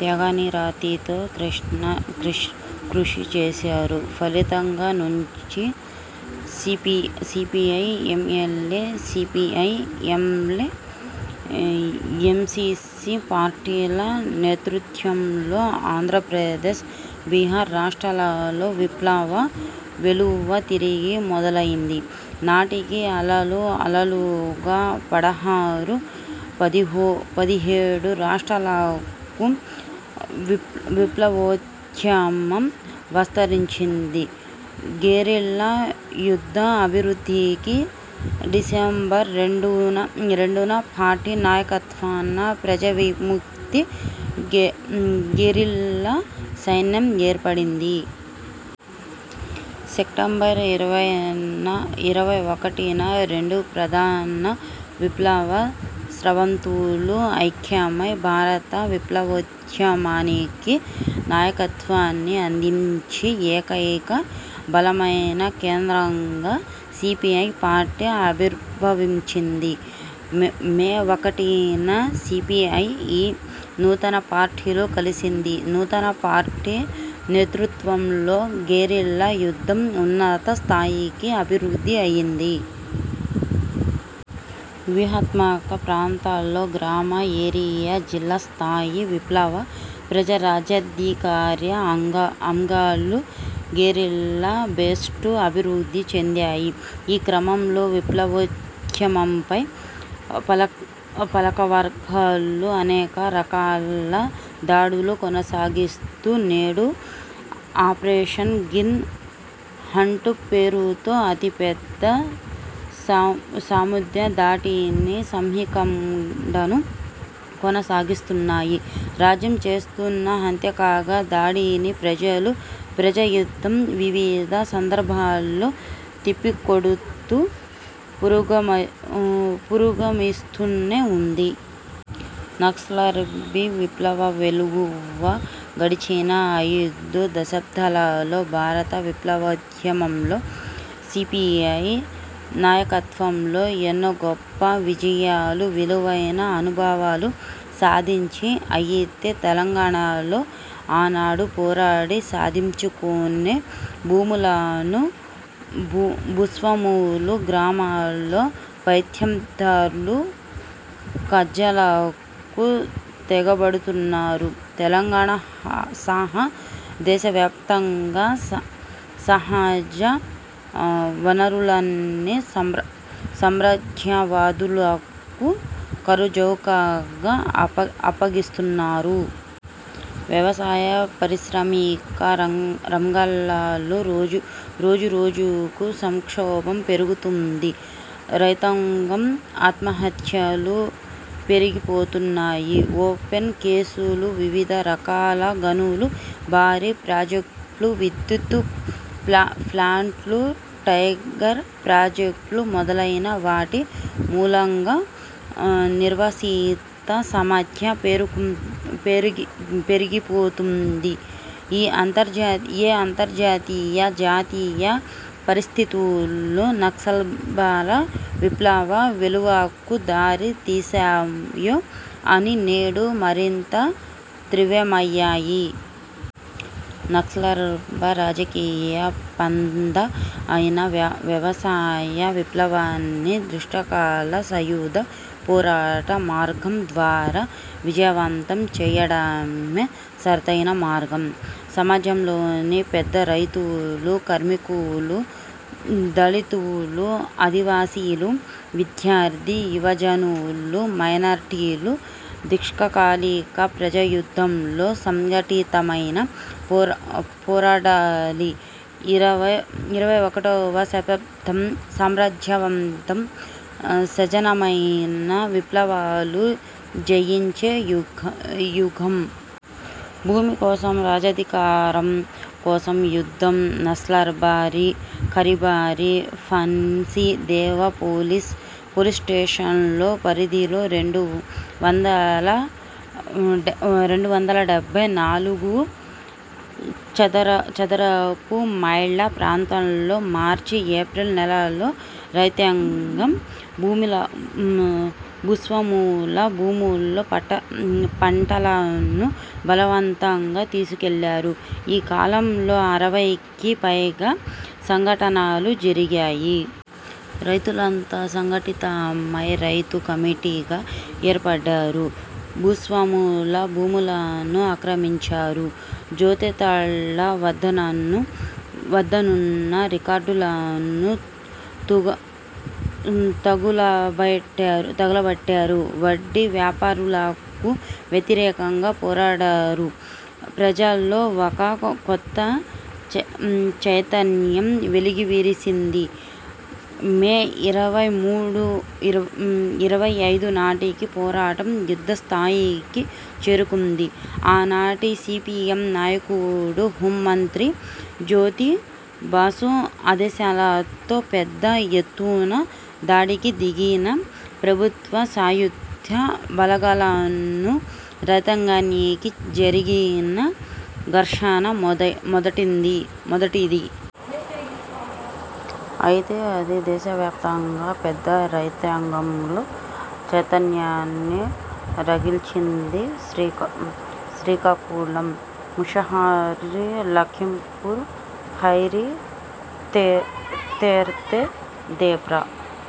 త్యాగనిరతితో కృషి చేశారు. ఫలితంగా నుంచి సిపిఐ–ఎంఎల్, సిపిఐ–ఎంల్, ఎంసిసి పార్టీల నేతృత్వంలో ఆంధ్రప్రదేశ్, బీహార్ రాష్ట్రాలలో విప్లవ వెల్లువ తిరిగి మొదలైంది. నాటికి అలలు అలలుగా పదహారు–పదిహేడు రాష్ట్రాలకు విప్లవోద్యమం విస్తరించింది. గెరిల్లా యుద్ధ అభివృద్ధికి డిసెంబర్ రెండున పార్టీ నాయకత్వాన ప్రజావిముక్తి గెరిల్లా సైన్యం ఏర్పడింది. సెప్టెంబర్ ఇరవై ఒకటిన రెండు ప్రధాన విప్లవ స్రవంతులు ఐక్యమై భారత విప్లవోద్యమానికి నాయకత్వాన్ని అందించి ఏకైక బలమైన కేంద్రంగా సిపిఐ పార్టీ ఆవిర్భవించింది. మేఒకటిన సిపిఐ ఈ నూతన పార్టీలో కలిసింది. నూతన పార్టీ నేతృత్వంలో గెరిల్లా యుద్ధం ఉన్నత స్థాయికి అభివృద్ధి అయింది. వ్యూహాత్మక ప్రాంతాల్లో గ్రామ ఏరియా, జిల్లా స్థాయి, విప్లవ ప్రజారాజ్యాధికార అంగాలు, గెరిల్లా బేస్లు అభివృద్ధి చెందాయి. ఈ క్రమంలో విప్లవోద్యమంపై పాలకవర్గాలు అనేక రకాల దాడులు కొనసాగిస్తూ నేడు ఆపరేషన్ గ్న్ హంట్ పేరుతో అతి పెద్ద సాయుధ దాడిని, సాకాండను కొనసాగిస్తున్నాయి. రాజ్యం చేస్తున్న హంతక దాడిని ప్రజలు, ప్రజాయుద్ధం వివిధ సందర్భాల్లో తిప్పికొడుతూ పురోగమిస్తూనే ఉంది. నక్సల్బరీ విప్లవవెల్లువ గడిచిన అయిదు దశాబ్దాలలో భారత విప్లవోద్యమంలో సిపిఐ నాయకత్వంలో ఎన్నో గొప్ప విజయాలు, విలువైన అనుభవాలు సాధించింది. అయితే తెలంగాణలో ఆనాడు పోరాడి సాధించుకొన్న భూములను, భూస్వాములు, గ్రామాల్లో పెత్తందార్లు కబ్జాలకు తెగబడుతున్నారు. తెలంగాణసహా దేశవ్యాప్తంగా సహజ వనరులన్నీ సామ్రాజ్యవాదులకు కారుచౌకగా అప్పగిస్తున్నారు. వ్యవసాయ, పారిశ్రామిక రంగాలలో రోజురోజుకు సంక్షోభం పెరిగిపోతోంది. రైతాంగం ఆత్మహత్యలు పెరిగిపోతున్నాయి. ఓపెన్ కేసులు, వివిధ రకాల గనులు, భారీ ప్రాజెక్టులు, విద్యుత్ ప్లాంట్లు, టైగర్ ప్రాజెక్టులు మొదలైన వాటి మూలంగా నిర్వాసిత సమస్య పెరిగిపోతుంది. ఏ అంతర్జాతీయ, జాతీయ పరిస్థితులు నక్సల్బరీ విప్లవ వెల్లువకు దారి తీసాయో అవి నేడు మరింత తీవ్రమయ్యాయి. నక్సల్బరీ రాజకీయ పంథా అయిన వ్యవసాయ విప్లవాన్ని దీర్ఘకాల సాయుధ పోరాట మార్గం ద్వారా విజయవంతం చేయడమే సరైన మార్గం. సమాజంలోని పేద రైతులు, కార్మకులు, దళితులు, ఆదివాసీలు, విద్యార్థి యువజనులు, మైనారిటీలు దీర్ఘకాలిక ప్రజాయుద్ధంలో సంఘటితమై నా పోరాడాలి. ఇరవై ఒకటివ శతాబ్దం సామ్రాజ్యవాదం నాశనమై, విప్లవాలు జయించే యుగం! భూమి కోసం రాజ్యాధికారం కోసం యుద్ధం. నక్సల్బరీ, ఖరీబారీ, ఫన్సీ దేవా పోలీస్ స్టేషన్ల పరిధిలో రెండు వందల డెబ్బై నాలుగు చదరపు మైళ్ళ ప్రాంతంలో మార్చి, ఏప్రిల్ నెలల్లో రైతాంగం భూస్వాముల భూముల్లో పంటలను బలవంతంగా తీసుకెళ్ళారు. ఈ కాలంలో అరవైకి పైగా సంఘటనలు జరిగాయి. రైతులంతా సంఘటితమై రైతు కమిటీగా ఏర్పడ్డారు. భూస్వాముల భూములను ఆక్రమించారు. జోతేదార్ల వద్దనున్న రికార్డులను తగులబెట్టారు. వడ్డీ వ్యాపారులకు వ్యతిరేకంగా పోరాడారు. ప్రజల్లో ఒక కొత్త చైతన్యం వెల్లివిరిసింది. మే ఇరవై మూడు, ఇరవై ఐదు నాటికి పోరాటం యుద్ధ స్థాయికి చేరుకుంది. ఆనాటి సిపిఎం నాయకుడు, హోంమంత్రి జ్యోతి బసు ఆదేశాలతో పెద్ద ఎత్తున దాడికి దిగిన ప్రభుత్వ సాయుధ బలగాలకు, రైతాంగానికి జరిగిన ఘర్షణ మొదటిది. అయితే అది దేశవ్యప్తంగా పేద రైతాంగంలో చైతన్యాన్ని రగిల్చింది. శ్రీకాకుళం, ముషాహరి, లఖింపూర్ ఖేరి, తెరై, దేబ్రా,